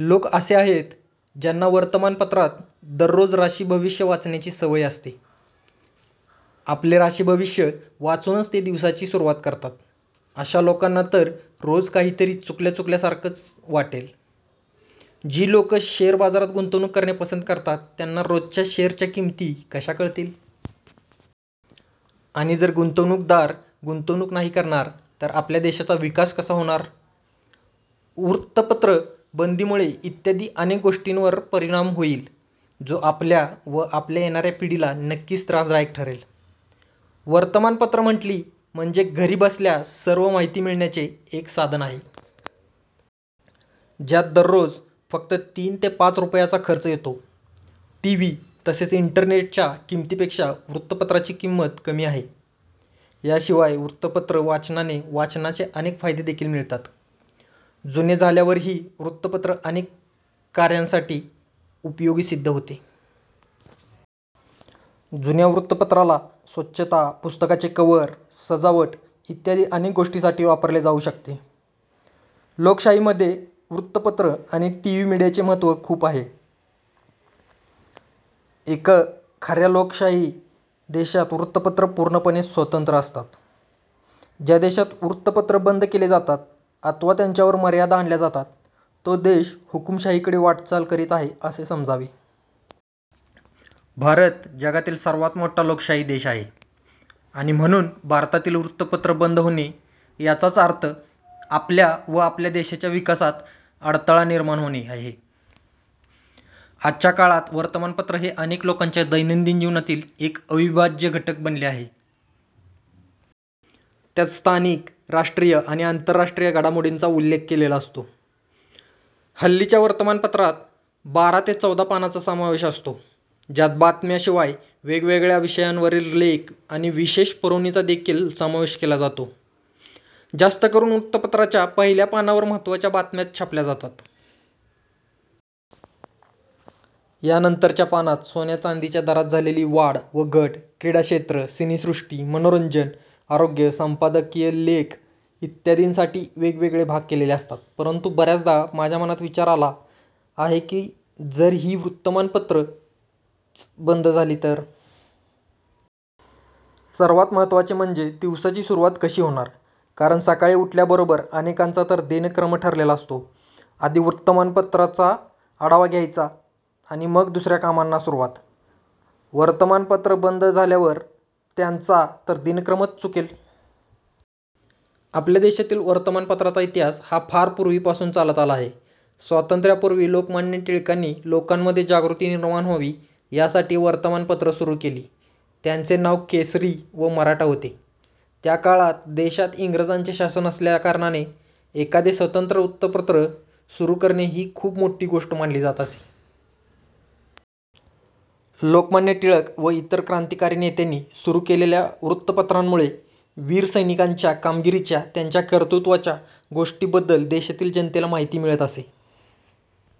लोक असे आहेत ज्यांना वर्तमान पत्रात दररोज राशी भविष्य वाचण्याची सवय असते. आपले राशी भविष्य वाचूनच ते दिवसाची सुरुवात करतात. आशा लोकांना तर रोज काही तरी चुकल्या चुकल्यासारखं वाटेल. जी लोकं शेअर बाजारात गुंतवणूक करणे पसंत करतात त्यांना रोजच्या शेअर च्या किमती कश्या कळतील? आणि जर गुंतवणूकदार गुंतवणूक नाही करणार तर आपल्या देशाचा विकास कसा होणार? वृत्तपत्र बंदीमुळे इत्यादि अनेक गोष्टींवर परिणाम होईल जो आपल्या व आपल्या येणाऱ्या पिढीला नक्कीच त्रासदायक ठरेल. वर्तमान पत्र म्हटली म्हणजे घरी बसल्या सर्व माहिती मिळण्याचे एक साधन आहे. ज्यात दररोज फक्त तीन ते पाच रुपयाचा खर्च येतो. टीव्ही तसेच इंटरनेट च्या किमितीपेक्षा वृत्तपत्राची किंमत कमी आहे. याशिवाय वृत्तपत्र वाचनाने वाचनाचे अनेक फायदे देखील मिळतात. जूने झाल्यावरही वृत्तपत्र अनेक काऱ्यांसाठी उपयोगी सिद्ध होते. जुन्या वृत्तपत्राला स्वच्छता, पुस्तकाचे कवर, सजावट इत्यादि अनेक गोष्टींसाठी वापरले जाऊ शकते. लोकशाही मध्ये वृत्तपत्र आणि टीव्ही मीडिया चे महत्व खूप आहे. एक खऱ्या लोकशाही देशात वृत्तपत्र पूर्णपणे स्वतंत्र असतात. ज्या देशात वृत्तपत्र बंद केले जातात अथवा त्यांच्यावर मर्यादा आणल्या जातात तो देश हुकुमशाही कडे वाटचाल करीत आहे असे समजावे. भारत जगातील सर्वात मोठा लोकशाही देश आहे आणि म्हणून भारतातील वृत्तपत्र बंद होणे याचाच अर्थ आपल्या व आपल्या देशाच्या विकासात अडथळा निर्माण होणे आहे. आजच्या काळात वर्तमान पत्र हे अनेक लोकांच्या दैनंदिन जीवनातील एक अविभाज्य घटक बनले आहे. त्यात स्थानिक, राष्ट्रीय आणि आंतरराष्ट्रीय घडामोडींचा उल्लेख केलेला असतो. हल्लीच्या वर्तमान पत्रात बारा ते चौदा पानांचा समावेश असतो. ज्यात बातम्या शिवाय वेगवेगळ्या विषयांवरील लेख आणि विशेष पुरवणीचा देखील समावेश केला जातो. जास्तकरून वृत्तपत्राच्या पहिल्या पानावर महत्त्वाच्या बातम्याचा छापल्या जातात. यानंतर च्या पानात सोन्या चांदीच्या दरात झालेली वाढ व घट, क्रीडाक्षेत्र, सिनेसृष्टी, मनोरंजन, आरोग्य, संपादकीय लेख इत्यादींसाठी वेगवेगळे भाग केलेले असतात. परंतु बऱ्याचदा माझ्या मनात विचार आला आहे की जर ही वर्तमान पत्रच बंद झाली तर.... सर्वात महत्वाचे म्हणजे दिवसाची सुरुवात कशी होणार? कारण सकाळी उठल्याबरोबर अनेकांचा तर दिनक्रम ठरलेला असतो, आधी वर्तमान पत्राचा आढावा घ्यायचा आणि मग दुसऱ्या कामांना सुरुवात. वर्तमान पत्र बंद झाल्यावर त्यांचा तर दिनक्रमच चुकेल.... आपल्या देशातील वर्तमान पत्राचा इतिहास हा फार पूर्वी पासून चालत आला आहे, स्वातंत्र्यापूर्वी लोकमान्य टिळकांनी लोकांमध्ये जागृती निर्माण व्हावी यासाठी वर्तमान पत्र सुरु केली त्यांचे नाव केसरी व मराठा होते. त्या काळात देशात इंग्रजांचे शासन असल्या कारणाने एखादे स्वतंत्र वृत्तपत्र सुरु करणे ही खूप मोठी गोष्ट मानली जात असे. लोकमान्य टिळक व इतर क्रांतिकारी नेत्यांनी सुरू केलेल्या वृत्तपत्रामुळे वीर सैनिकांच्या कामगिरीच्या, त्यांच्या कर्तृत्वाच्या गोष्टींबद्दल देशातील जनतेला माहिती मिळत असे.